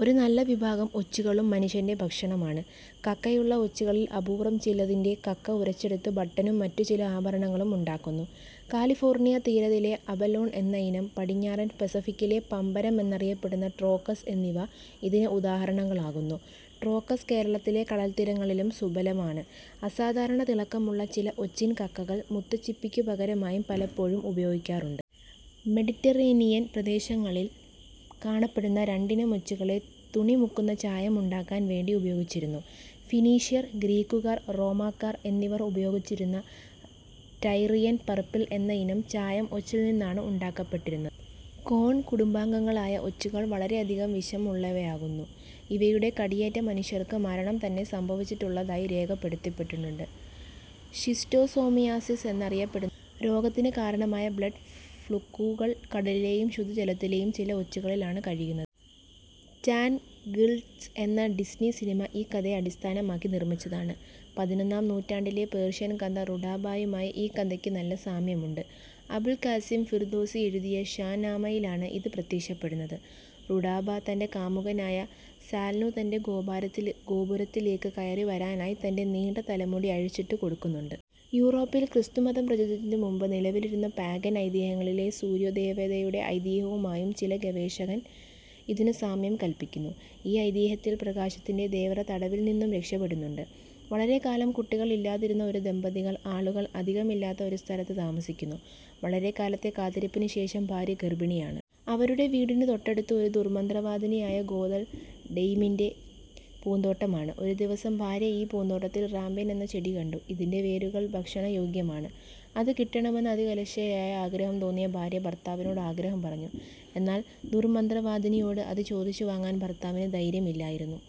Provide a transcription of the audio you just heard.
ഒരു നല്ലവിഭാഗം ഒച്ചുകളും മനുഷ്യന്റെ ഭക്ഷണമാണ്. കക്കയുള്ള ഒച്ചുകളിൽ അപൂർവം ചിലതിന്റെ കക്ക ഉരച്ചെടുത്ത് ബട്ടനും മറ്റുചില ആഭരണങ്ങളും ഉണ്ടാക്കുന്നു. കാലിഫോർണിയ തീരതിലെ അബലോൺ എന്നയിനം, പടിഞ്ഞാറൻ പെസഫിക്കിലെ പമ്പരം എന്നറിയപ്പെടുന്ന ട്രോക്കസ് എന്നിവ ഇതിന് ഉദാഹരണങ്ങളാകുന്നു; ട്രോക്കസ് കേരളത്തിലെ കടൽത്തിരങ്ങളിലും സുഭലമാണ്. അസാധാരണ തിളക്കമുള്ള ചില ഒച്ചിൻ കക്കകൾ മുത്തുച്ചിപ്പിക്കു പകരമായും പലപ്പോഴും ഉപയോഗിക്കാറുണ്ട്. മെഡിറ്ററേനിയൻ പ്രദേശങ്ങളിൽ കാണപ്പെടുന്ന രണ്ടിനം ഒച്ചുകളെ തുണിമുക്കുന്ന ചായം ഉണ്ടാക്കാൻ വേണ്ടി ഉപയോഗിച്ചിരുന്നു. ഫിനീഷ്യർ, ഗ്രീക്കുകാർ, റോമാക്കാർ എന്നിവർ ഉപയോഗിച്ചിരുന്ന റ്റൈറിയൻ പർപ്പിൾ എന്നയിനം ചായം ഒച്ചിൽനിന്നാണ് ഉണ്ടാക്കപ്പെട്ടിരുന്നത്. കോൺകുടുബാംഗങ്ങളായ ഒച്ചുകൾ വളരെയധികം വിഷമുള്ളവയാകുന്നു. ഇവയുടെ കടിയേറ്റ മനുഷ്യർക്ക് മരണം തന്നെ സംഭവിച്ചിട്ടുള്ളതായി രേഖപ്പെടുത്തിപ്പെട്ടിട്ടുണ്ട്. ഷിസ്റ്റോസോമിയാസിസ് എന്നറിയപ്പെടുന്ന രോഗത്തിനു കാരണമായ ബ്ലഡ് ഫ്ലൂക്കു കൾ കടലിലെയും ശുദ്ധജലത്തിലെയും ചില ഒച്ചുകളിലാണ് കഴിയുന്നത്. റ്റാൻഗ്ൾസ് എന്ന ഡിസ്നി സിനിമ ഈ കഥയെ അടിസ്ഥാനമാക്കി നിർമിച്ചതാണ്.. പതിനൊന്നാം നൂറ്റാണ്ടിലെ പേർഷ്യൻ കഥ റുഡാബായുമായി ഈ കഥയ്ക്ക് നല്ല സാമ്യം ഉണ്ട്. അബുൾ കാസിം ഫിർദോസി എഴുതിയ ഷാ നാമ യിലാണ് ഇത് പ്രത്യക്ഷപ്പെടുന്നത്. റുഡാബ തന്റെ കാമുകനായ സാൽ'നു തന്റെ ഗോപുരത്തിലേയ്ക്ക് കയറിവരാനായി തന്റെ നീണ്ട തലമുടി അഴിച്ചിട്ടു കൊടുക്കുന്നുണ്ട്. യൂറോപ്പിൽ ക്രിസ്തുമതം പ്രചരിച്ചതിനു മുൻപ് നിലവിലിരുന്ന പാഗൻ ഐതിഹ്യങ്ങളിലെ സൂര്യദേവതയുടെ ഐതിഹ്യവുമായും ചില ഗവേഷകർ ഇതിനു സാമ്യം കല്പിയ്ക്കുന്നു. ഈ ഐതിഹ്യത്തിൽ പ്രകാശത്തിന്റെ ദേവത തടവിൽ നിന്നും രക്ഷപ്പെടുന്നുണ്ട്. വളരെക്കാലം കുട്ടികൾ ഇല്ലാതിരുന്ന ഒരു ദമ്പതികൾ ആളുകൾ അധികം ഇല്ലാത്ത ഒരു സ്ഥലത്തു താമസിയ്ക്കുന്നു. വളരെക്കാലത്തെ കാത്തിരിപ്പിനുശേഷം ഭാര്യ ഗർഭിണിയാണ്. അവരുടെ വീടിനു തൊട്ടടുത്ത് ഒരു ദുർമന്ത്രവാദിനിയായ ഗോഥൽ ഡൈയിമിന്റെ പൂന്തോട്ടമാണ്. ഒരു ദിവസം ഭാര്യ ഈ പൂന്തോട്ടത്തിൽ റാമ്പ്യൻ എന്ന ചെടി കണ്ടു. ഇതിന്റെ വേരുകൾ ഭക്ഷണയോഗ്യമാണ്. അതു കിട്ടണമെന്ന് അതികലശലായ ആഗ്രഹം തോന്നിയ ഭാര്യ ഭർത്താവിനോട് ആഗ്രഹം പറഞ്ഞു. എന്നാൽ ദുർമന്ത്രവാദിനിയോട് അതു ചോദിച്ചു വാങ്ങാൻ ഭർത്താവിന് ധൈര്യം ഇല്ലായിരുന്നു.